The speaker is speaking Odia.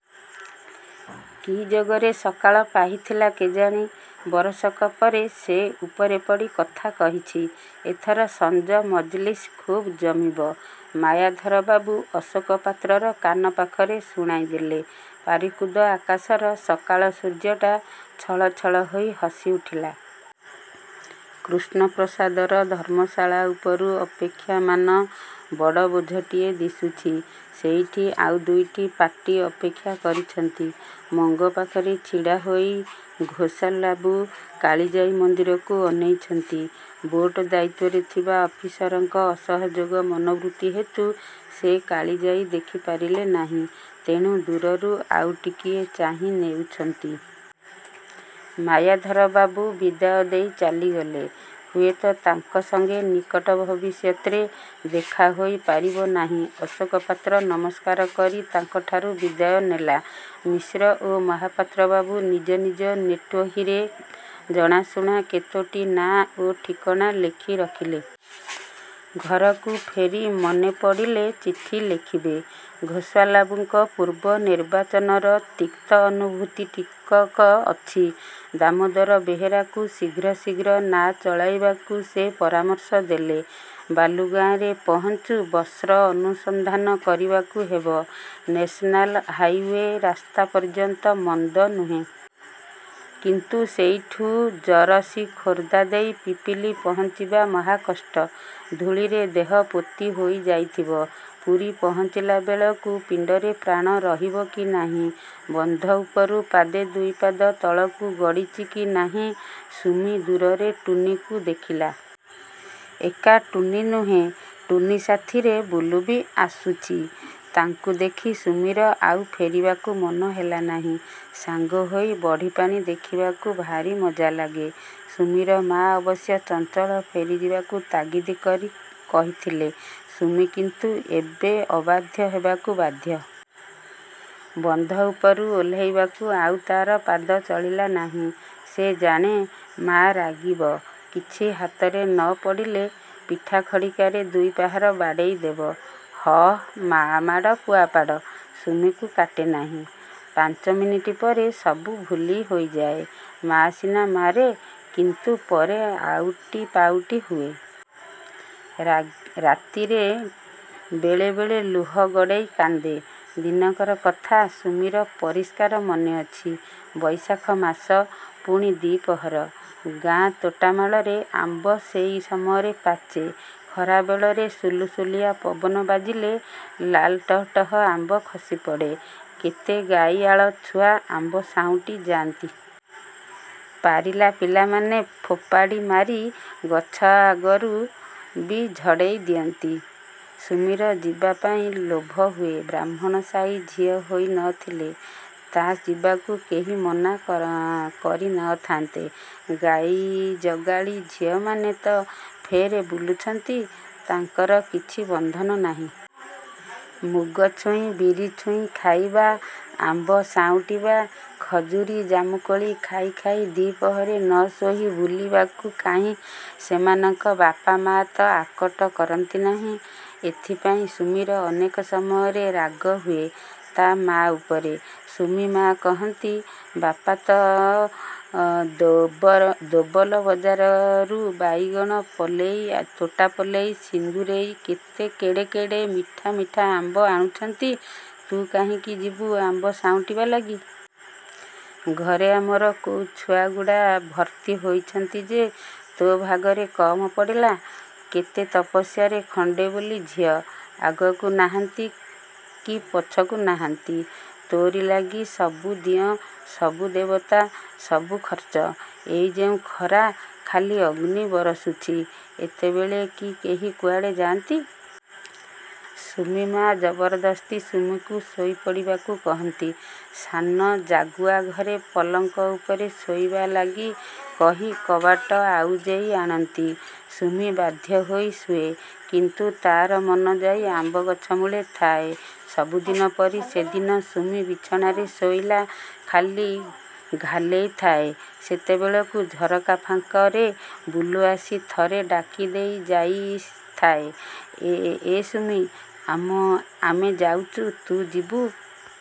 କି ଯୋଗରେ ସକାଳ ପାହିଥିଲା କେଜାଣି, ବରଷକ ପରେ ସେ ଉପରେ ପଡ଼ି କଥା କହିଛି। ଏଥର ସଞ୍ଜ ମଜଲିସ୍ଟା ଖୁବ୍ ଜମିବ। ମାୟାଧର ବାବୁ ଅଶୋକ ପାତ୍ରର କାନ ପାଖରେ ଶୁଣାଇ ଦେଲେ-। ପାରିକୁଦ ଆକାଶର ସକାଳ ସୂର୍ଯ୍ୟଟା ଛଳ ଛଳ ହୋଇ ହସି ଉଠିଲା। କୃଷ୍ଣପ୍ରସାଦର ଧର୍ମଶାଳା ଉପରୁ ଅପେକ୍ଷାମାନ ବଡ଼ ବୋଝଟିଏ ଦିଶୁଛି। ସେଇଠି ଆଉ ଦୁଇଟି ପାର୍ଟି ଅପେକ୍ଷା କରିଛନ୍ତି। ମଙ୍ଗ ପାଖରେ ଛିଡ଼ାହୋଇ 'ଘୋଷାଲ୍ବାବୁ' କାଳିଜାଈ ମନ୍ଦିରକୁ ଅନେଇଛନ୍ତି। ବୋଟ୍ ଦାୟିତ୍ୱରେ ଥିବା ଅଫିସରଙ୍କ ଅସହଯୋଗ ମନୋବୃତ୍ତି ହେତୁ ସେ କାଳିଜାଈ ଦେଖି ପାରିଲେ ନାହିଁ-। ତେଣୁ ଦୂରରୁ ଥାଇ ଟିକିଏ ଚାହିଁ ନେଉଛନ୍ତି। ମାୟାଧର ବାବୁ ବିଦାୟ ଦେଇ ଚାଲିଗଲେ। ହୁଏତ ତାଙ୍କ ସଙ୍ଗେ ନିକଟ ଭବିଷ୍ୟତ୍ରେ ଦେଖା ହୋଇ ପାରିବ ନାହିଁ ଅଶୋକ ପାତ୍ର ନମସ୍କାର କରି ତାଙ୍କଠାରୁ ବିଦାୟ ନେଲା। ମିଶ୍ର ଓ ମହାପାତ୍ର ବାବୁ ନିଜ ନିଜ ନୋଟ୍ବହିରେ ଜଣାଶୁଣା କେତୋଟି ନାଁ ଓ ଠିକଣା ଲେଖି ରଖିଲେ। ଘରକୁ ଫେରି ମନେ ପଡ଼ିଲେ ଚିଠି ଲେଖିବେ। ଘୋଷାଲ୍ବାବୁଙ୍କ ପୂର୍ବନିର୍ବାଚନର ତିକ୍ତ ଅନୁଭୂତି ଟିକକ ଅଛି। ଦାମୋଦର ବେହେରାକୁ ଶୀଘ୍ର ଶୀଘ୍ର ନାଆ ଚଳାଇବାକୁ ସେ ପରାମର୍ଶ ଦେଲେ। ବାଲୁଗାଁରେ ପହଞ୍ଚୁ ବସ୍ର ଅନୁସନ୍ଧାନ କରିବାକୁ ହେବ। 'ନେସନାଲ୍ ହାଇଉଏ' ରାସ୍ତା ପର୍ଯ୍ୟନ୍ତ ମନ୍ଦ ନୁହେ। କିନ୍ତୁ ସେଇଠୁ ଜଟଣୀ ଖୋର୍ଦ୍ଧା ଦେଇ ପିପିଲି ପହୁଞ୍ଚିବା ମହାକଷ୍ଟ। ଧୂଳିରେ ଦେହ ପୋତି ହୋଇ ଯାଇଥିବ। ପୁରୀ ପହୁଞ୍ଚିଲା ବେଳକୁ ପିଣ୍ଡରେ ପ୍ରାଣ ରହିବ କି ନାହିଁ। ବନ୍ଧ ଉପରୁ ପାଦେ ଦୁଇପାଦ ତଳକୁ ଗଡ଼ିଚି କି ନାହିଁ ସୁମି ଦୂରରେ ଟୁନୀକୁ ଦେଖିଲା। ଏକା ଟୁନୀ ନୁହେଁ-ଟୁନୀ ସାଥିରେ ବୁଲୁ ବି ଆସୁଚି। ତାଙ୍କୁ ଦେଖି ସୁମିର ଆଉ ଫେରିବାକୁ ମନ ହେଲା ନାହିଁ। ସାଙ୍ଗ ହୋଇ ବଢ଼ିପାଣି ଦେଖିବାକୁ ଭାରି ମଜା ଲାଗେ। ସୁମିର ମା' ଅବଶ୍ୟ ଚଞ୍ଚଳ ଫେରିଯିବାକୁ ତାଗିଦ କରି କହିଥିଲେ। ସୁମି କିନ୍ତୁ ଏବେ ଅବାଧ୍ୟ ହେବାକୁ ବାଧ୍ୟ। ବନ୍ଧ ଉପରୁ ଓହ୍ଲାଇବାକୁ ଆଉ ତା'ର ପାଦ ଚଳିଲା ନାହିଁ। ସେ ଜାଣେ-ମା' ରାଗିବ। କିଛି ହାତରେ ନ ପଡ଼ିଲେ ପିଠାଖଡ଼ିକାରେ ଦୁଇପାହାର ବାଡ଼େଇ ଦେବ। ହଃ-ମାଆ ମାଡ଼ କୁଆପାଡ଼। ସୁମିକୁ କାଟେ ନାଇଁ। ପାଞ୍ଚ ମିନିଟ ପରେ ସବୁ ଭୁଲି ହୋଇଯାଏ। ମାଆ ସିନା ମାରେ,-କିନ୍ତୁ ପରେ ଆଉଟି ପାଉଟି ହୁଏ। ରାତିରେ ବେଳେବେଳେ ଲୁହ ଗଡ଼େଇ କାନ୍ଦେ। ଦିନକର କଥା ସୁମିର ପରିଷ୍କାର ମନେ ଅଛି। ବୈଶାଖ ମାସ। ପୁଣି ଦି'ପହର। ଗାଁ ତୋଟାମାଳରେ ଆମ୍ବ ସେଇ ସମୟରେ ପାଚେ। ଖରାବେଳରେ ସୁଲୁସୁଲିଆ ପବନ ବାଜିଲେ ଲାଲଟହଟହ ଆମ୍ବ ଖସିପଡ଼େ। କେତେ ଗାଈଆଳଛୁଆ ଆମ୍ବ ସାଉଁଟି ଯାଆନ୍ତି। ପାରିଲା ପିଲାମାନେ ଫୋପାଡ଼ି ମାରି ଗଛ ଅଗରୁ ବି ଝଡ଼େଇ ଦିଅନ୍ତି। ସୁମିର ଯିବା ପାଇଁ ଲୋଭ ହୁଏ। ବ୍ରାହ୍ମଣ ସାଇ ଝିଅ ହୋଇ ନଥିଲେ-ତା ଯିବାକୁ କେହି ମନା କରି ନଥାନ୍ତେ। ଗାଈଜଗାଳୀ ଝିଅମାନେ ତ ଫେର୍ ବୁଲୁଛନ୍ତି; ତାଙ୍କର କିଛି ବନ୍ଧନ ନାହିଁ। ମୁଗଛୁଇଁ ବିରିଛୁଇଁ ଖାଇବା-ଆମ୍ବ ସାଉଁଟିବା-ଖଜୁରୀ ଜାମୁକୋଳି ଖାଇ ଖାଇ ଦିପହରେ ନ ଶୋଇ ବୁଲିବାକୁ କାହିଁ ସେମାନଙ୍କ ବାପା-ମା' ତ ଆକଟ କରନ୍ତି ନାହିଁ। ଏଥିପାଇଁ ସୁମିର ଅନେକ ସମୟରେ ରାଗ ହୁଏ, ତା' ମାଆ ଉପରେ। ସୁମି ମା କହନ୍ତି-ବାପା ତ ଦୋବଲ ବଜାରରୁ ବାଇଗଣ ପଲେଇ, ତୋତା ପଲେଇ, ସିନ୍ଦୁରେଇ କେଡ଼େ କେଡ଼େ ମିଠା ମିଠା ଆମ୍ବ ଆଣୁଛନ୍ତି-ତୁ କାହିଁକି ଯିବୁ ଆମ୍ବ ସାଉଁଟିବା ଲାଗି। ଘରେ ଆମର କୋଉ ଛୁଆଗୁଡ଼ା ଭର୍ତ୍ତି ହୋଇଛନ୍ତି ଯେ ତୋ ଭାଗରେ କମ୍ ପଡ଼ିଲା। କେତେ ତପସ୍ୟାରେ ଖଣ୍ଡେ ବୋଲି ଝିଅ, ଆଗକୁ ନାହାନ୍ତିକି ପଛକୁ ନାହାନ୍ତି। ତୋରି ଲାଗି ସବୁ ଦିଅଁ, ସବୁ ଦେବତା, ସବୁ ଖର୍ଚ୍ଚ। ଏ ଯେଉଁ ଖରା, ଖାଲି ଅଗ୍ନି ବରଷୁଛି-ଏତେବେଳେ କି କେହି କୁଆଡ଼େ ଯାଆନ୍ତି? ସୁମି ମା' ଜବରଦସ୍ତି ସୁମିକୁ ଶୋଇ ପଡ଼ିବାକୁ କହନ୍ତି। ସାନ ଢାଗୁଆ ଘରେ ପଲଙ୍କ ଉପରେ ଶୋଇବାଲାଗି କହି କବାଟ ଆଉଜେଇ ଆଣନ୍ତି। ସୁମି ବାଧ୍ୟ ହୋଇ ଶୁଏ-କିନ୍ତୁ ତା'ର ମନ ଯାଇ ଆମ୍ବଗଛ ମୂଳେ ଥାଏ। ସବୁଦିନ ପରି ସେଦିନ ସୁମି ବିଛଣାରେ ଶୋଇଲା-ଖାଲି ଘାଲେଇଥାଏ, ସେତେବେଳକୁ ଝରକା ଫାଙ୍କରେ ବୁଲୁ ଆସି ଥରେ ଡାକି ଦେଇଯାଇଥାଏ-ଏ ସୁମି! ଆମେ ଯାଉଚୁ ତୁ ଯିବୁ।